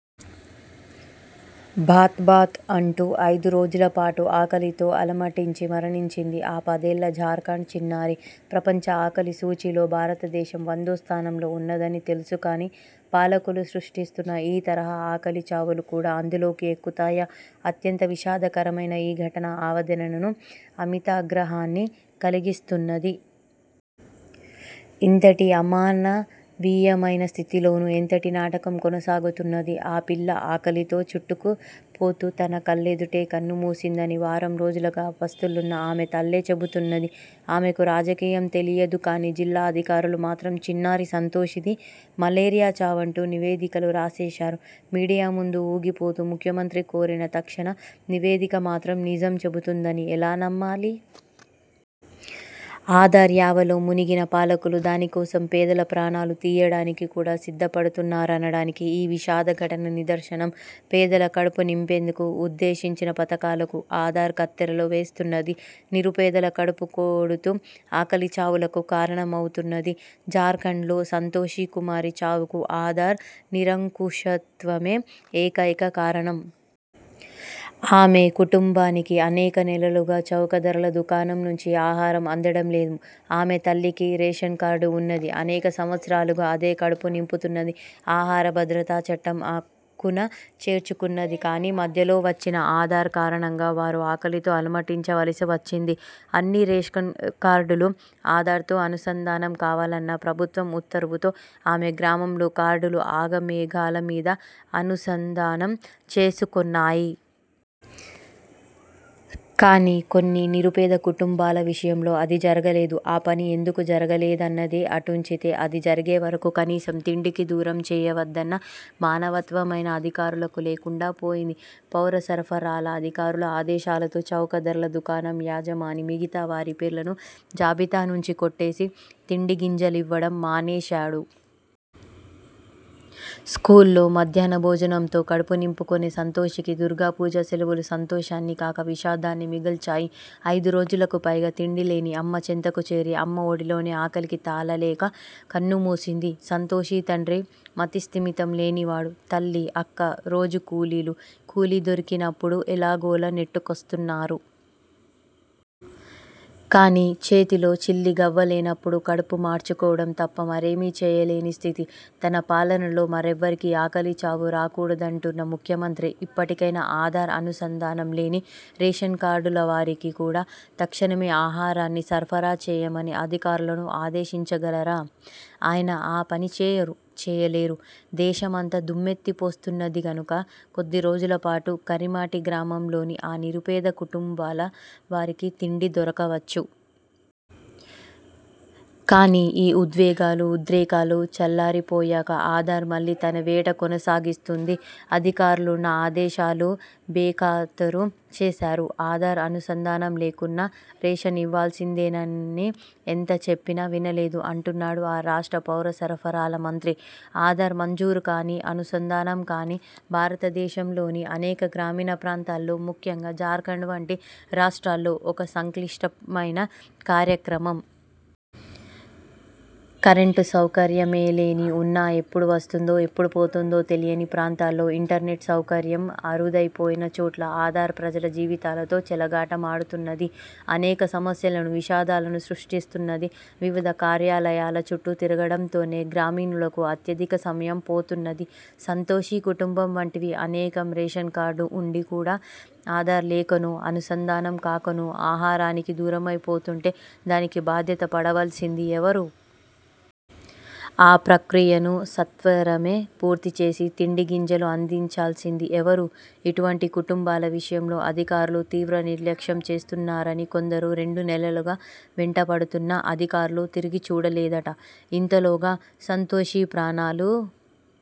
Baht baht అంటూ ఐదు రోజులపాటు ఆకలితో అలమటించి మరణించింది ఆ పదేళ్ళ జార్ఖండ్ చిన్నారి. ప్రపంచ ఆకలి సూచీలో భారతదేశం వందోస్థానంలో ఉన్నదని తెలుసు కానీ, పాలకులు సృష్టిస్తున్న ఈ తరహా ఆకలి చావులు కూడా అందులోకి ఎక్కుతాయా? అత్యంత విషాదకరమైన ఈ ఘటన ఆవేదనను, అమితాగ్రహాన్నీ కలిగిస్తున్నది. ఇంతటి అమానవీయమైన స్థితిలోనూ ఎంతటి నాటకం కొనసాగుతున్నది? ఆ పిల్ల ఆకలితో చుట్టుకుపోతూ తన కళ్ళెదుటే కన్నుమూసిందని వారం రోజులుగా పస్తులున్న ఆమె తల్లే చెబుతున్నది. ఆమెకు రాజకీయం తెలియదు కానీ, జిల్లా అధికారులు మాత్రం చిన్నారి సంతోషిది మలేరియా చావంటూ నివేదికలు రాసేశారు. మీడియా ముందు ఊగిపోతూ ముఖ్యమంత్రి కోరిన తక్షణ నివేదిక మాత్రం నిజం చెబుతుందని ఎలా నమ్మాలి? ఆధార్ యావలో మునిగిన పాలకులు దానికోసం పేదల ప్రాణాలు తీయడానికి కూడా సిద్ధపడుతున్నారనడానికి ఈ విషాద ఘటన నిదర్శనం. పేదల కడుపు నింపేందుకు ఉద్దేశించిన పథకాలకు ఆధార్ కత్తెరలు వేస్తున్నది. నిరుపేదల కడుపుకొడుతూ ఆకలిచావులకు కారణమవుతున్నది. జార్ఖండ్లో సంతోషి కుమారి చావుకు ఆధార్ నిరంకుశత్వమే ఏకైక కారణం. ఆమె కుటుంబానికి అనేక నెలలుగా చౌకధరల దుకాణం నుంచి ఆహారం అందడం లేదు. ఆమె తల్లికి రేషన్కార్డు ఉన్నది, అనేక సంవత్సరాలుగా అదే కడుపు నింపుతున్నది. ఆహారభద్రతా చట్టం అక్కున చేర్చుకున్నది కానీ, మధ్యలో వచ్చిన ఆధార్ కారణంగా వారు ఆకలితో అలమటించవలసి వచ్చింది. అన్ని రేషన్కార్డులూ ఆధార్తో అనుసంధానం కావాలన్న ప్రభుత్వ ఉత్తర్వుతో, ఆమె గ్రామంలో కార్డులు ఆగమేఘాలమీద అనుసంధానం చేసుకున్నాయి. కానీ, కొన్ని నిరుపేద కుటుంబాల విషయంలో అది జరగలేదు. ఆ పని ఎందుకు జరగలేదన్నది అటుంచితే, అది జరిగేవరకూ కనీసం తిండికి దూరం చేయవద్దన్న మానవత్వమైనా అధికారులకు లేకుండా పోయింది. పౌరసరఫరాల అధికారుల ఆదేశాలతో చౌకధరల దుకాణం యజమాని మిగతా వారి పేర్లను జాబితానుంచి కొట్టేసి, తిండిగింజలివ్వడం మానేశాడు. స్కూల్లో మధ్యాహ్నభోజనంతో కడుపు నింపుకొనే సంతోషికి దుర్గాపూజ సెలవులు సంతోషాన్ని కాక విషాదాన్ని మిగల్చాయి. ఐదురోజులకు పైగా తిండిలేని అమ్మ చెంతకు చేరి, అమ్మ ఒడిలోనే ఆకలికి తాళలేక కన్నుమూసింది. సంతోషి తండ్రి మతిస్థిమితం లేనివాడు. తల్లి, అక్క రోజుకూలీలు. కూలి దొరికినప్పుడు ఎలాగోలా నెట్టుకొస్తున్నారు. కానీ చేతిలో చిల్లిగవ్వలేనప్పుడు కడుపు మాడ్చుకోవడం తప్ప మరేమీ చేయలేని స్థితి. తనపాలనలో మరెవ్వరికీ ఆకలిచావు రాకూడదంటున్న ముఖ్యమంత్రి ఇప్పటికైనా ఆధార్ అనుసంధానం లేని రేషన్కార్డులవారికి కూడా తక్షణమే ఆహారాన్ని సరఫరా చేయమని అధికారులను ఆదేశించగలరా? ఆయన ఆ పనిచేయరు, చేయలేరు. దేశమంతా దుమ్మెత్తిపోస్తున్నది కనుక కొద్దిరోజులపాటు కరిమాటి గ్రామంలోని ఆ నిరుపేద కుటుంబాల వారికి తిండి దొరకవచ్చు. కానీ, ఈ ఉద్వేగాలు, ఉద్రేకాలు చల్లారిపోయాక ఆధార్ మళ్ళీ తనవేట కొనసాగిస్తుంది. 'అధికారులు నా ఆదేశాలు బేఖాతరు చేశారు, ఆధార్ అనుసంధానం లేకున్నా రేషన్ ఇవ్వాల్సిందేనని ఎంత చెప్పినా వినలేదు' అంటున్నాడు ఆ రాష్ట్ర పౌరసరఫరాల మంత్రి. ఆధార్ మంజూరు కానీ, అనుసంధానం కానీ భారతదేశంలోని అనేక గ్రామీణప్రాంతాల్లో, ముఖ్యంగా జార్ఖండ్ వంటి రాష్ట్రాల్లో ఒక సంక్లిష్టమైన కార్యక్రమం. కరెంటు సౌకర్యమేలేని, ఉన్నా ఎప్పుడు వస్తుందో, ఎప్పుడు పోతుందో తెలియని ప్రాంతాల్లో, ఇంటర్నెట్ సౌకర్యం అరుదైపోయిన చోట్ల ఆధార్ ప్రజల జీవితాలతో చెలగాటమాడుతున్నది. అనేక సమస్యలను, విషాదాలను సృష్టిస్తున్నది. వివిధ కార్యాలయాల చుట్టూ తిరగడంతోనే గ్రామీణులకు అత్యధిక సమయం పోతున్నది. సంతోషి కుటుంబం వంటివి అనేకం రేషన్కార్డు ఉండి కూడా ఆధార్ లేకనో, అనుసంధానం కాకనో ఆహారానికి దూరమైపోతుంటే దానికి బాధ్యత పడవలసింది ఎవరు? ఆ ప్రక్రియను సత్వరమే పూర్తిచేసి తిండిగింజలు అందించాల్సింది ఎవరు? ఇటువంటి కుటుంబాల విషయంలో అధికారులు తీవ్ర నిర్లక్ష్యం చేస్తున్నారని కొందరు రెండునెలలుగా వెంటపడుతున్నా అధికారులు తిరిగిచూడలేదట. ఇంతలోగా సంతోషి ప్రాణాలు